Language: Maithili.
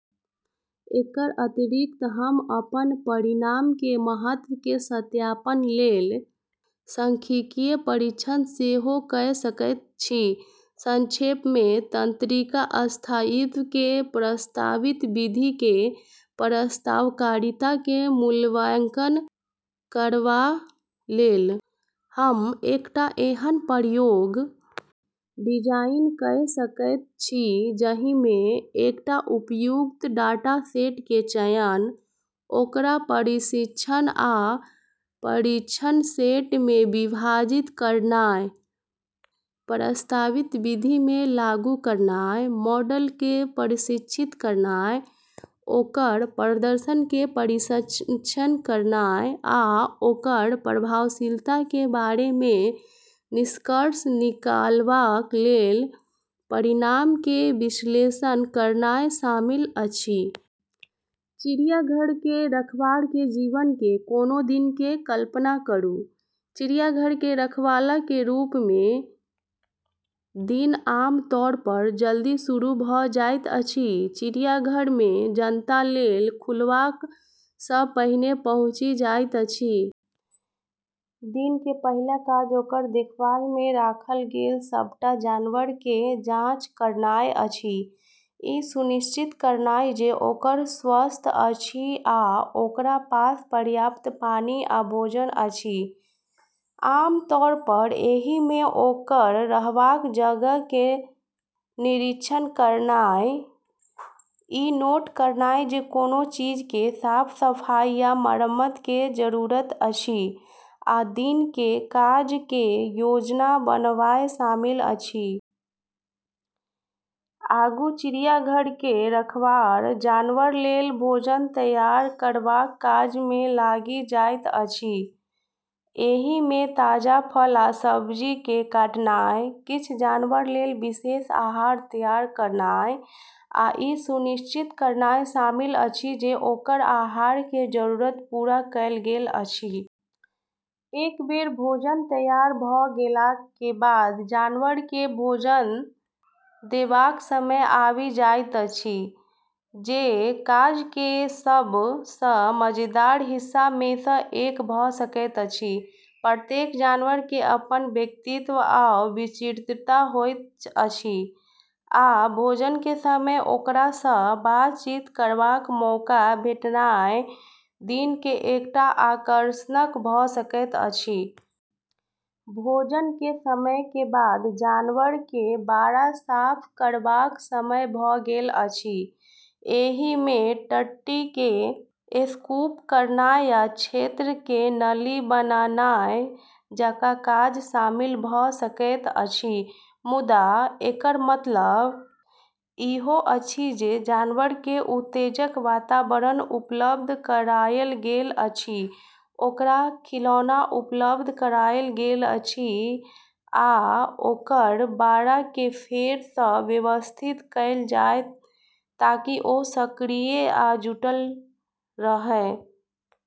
एकर अतिरिक्त, हम अपन परिणाम के महत्व के सत्यापन लेल सांख्यिकीय परीक्षण सेहो कए सकैत छी। संक्षेप मे, तंत्रिका स्थायित्व के प्रस्तावित विधि के प्रस्तावकारिता के मूल्यांकन करबा लेल, हम एकटा एहन प्रयोग डिजाइन कए सकैत छी जाहि मे एकटा उपयुक्त डाटासेट के चयन, ओकरा प्रशिक्षण आ परीक्षण सेट मे विभाजित करनाय, प्रस्तावित विधि के लागू करनाय, मॉडल के प्रशिक्षित करनाय, ओकर प्रदर्शन के परीक्षण करनाय, आ ओकर प्रभावशीलता के बारे मे निष्कर्ष निकालबाक लेल परिणाम के विश्लेषण करनाय शामिल अछि। चिड़ियाघर के रखबार के जीवन के कोनो दिन के कल्पना करू। चिड़ियाघर के रखवाला के रूप मे दिन आम तौर पर जल्दी शुरू भ जाइत अछि, चिड़ियाघर मे जनता लेल खुलबा सँ पहिने पहुँचि जाइत अछि। दिन के पहिल काज ओकर देखभाल मे राखल गेल सबटा जानवर के जाँच करनाय अछि, ई सुनिश्चित करनाय जे ओकर स्वस्थ अछि आ ओकरा पास पर्याप्त पानी आ भोजन अछि। आम तौर पर एहि मे ओकर रहबाक जगह के निरीक्षण करनाय, ई नोट करनाय जे कोनो चीज के साफ-सफाई या मरम्मत के जरूरत अछि, आ दिन के काज के योजना बनानाय शामिल अछि। आगू चिड़ियाघर के रखवार जानवर लेल भोजन तैयार करबाक काज मे लागि जाइत अछि। एहि मे ताजा फल आ सब्जी के काटनाय, किछ जानवर लेल विशेष आहार तैयार करनाय आ ई सुनिश्चित करनाय शामिल अछि जे ओकर आहार के जरूरत पूरा कएल गेल अछि। एक बेर भोजन तैयार भ गेलाक के बाद जानवर के भोजन देबाक समय आबि जाइत अछि, जे काज के सब सँ मजेदार हिस्सा मे सँ एक भ सकैत अछि। प्रत्येक जानवर के अपन व्यक्तित्व आ विचित्रता होइत अछि, आ भोजन के समय ओकरा सँ बातचीत करबाक मौका भेटनाय दिन के एकटा आकर्षणक भ सकैत अछि। भोजन के समय के बाद जानवर के बाड़ा साफ करबाक समय भ गेल अछि। एहि मे टट्टी के स्कूप करनाय आ क्षेत्र के नली बनानाय जकां काज शामिल भ सकैत अछि, मुदा एकर मतलब ईहो अछि जे जानवर के उत्तेजक वातावरण उपलब्ध करायल गेल अछि, ओकरा खिलौना उपलब्ध करायल गेल अछि या ओकर बाड़ा के फेर सँ व्यवस्थित कएल जाए ताकि ओ सक्रिय आ जुटल रहए।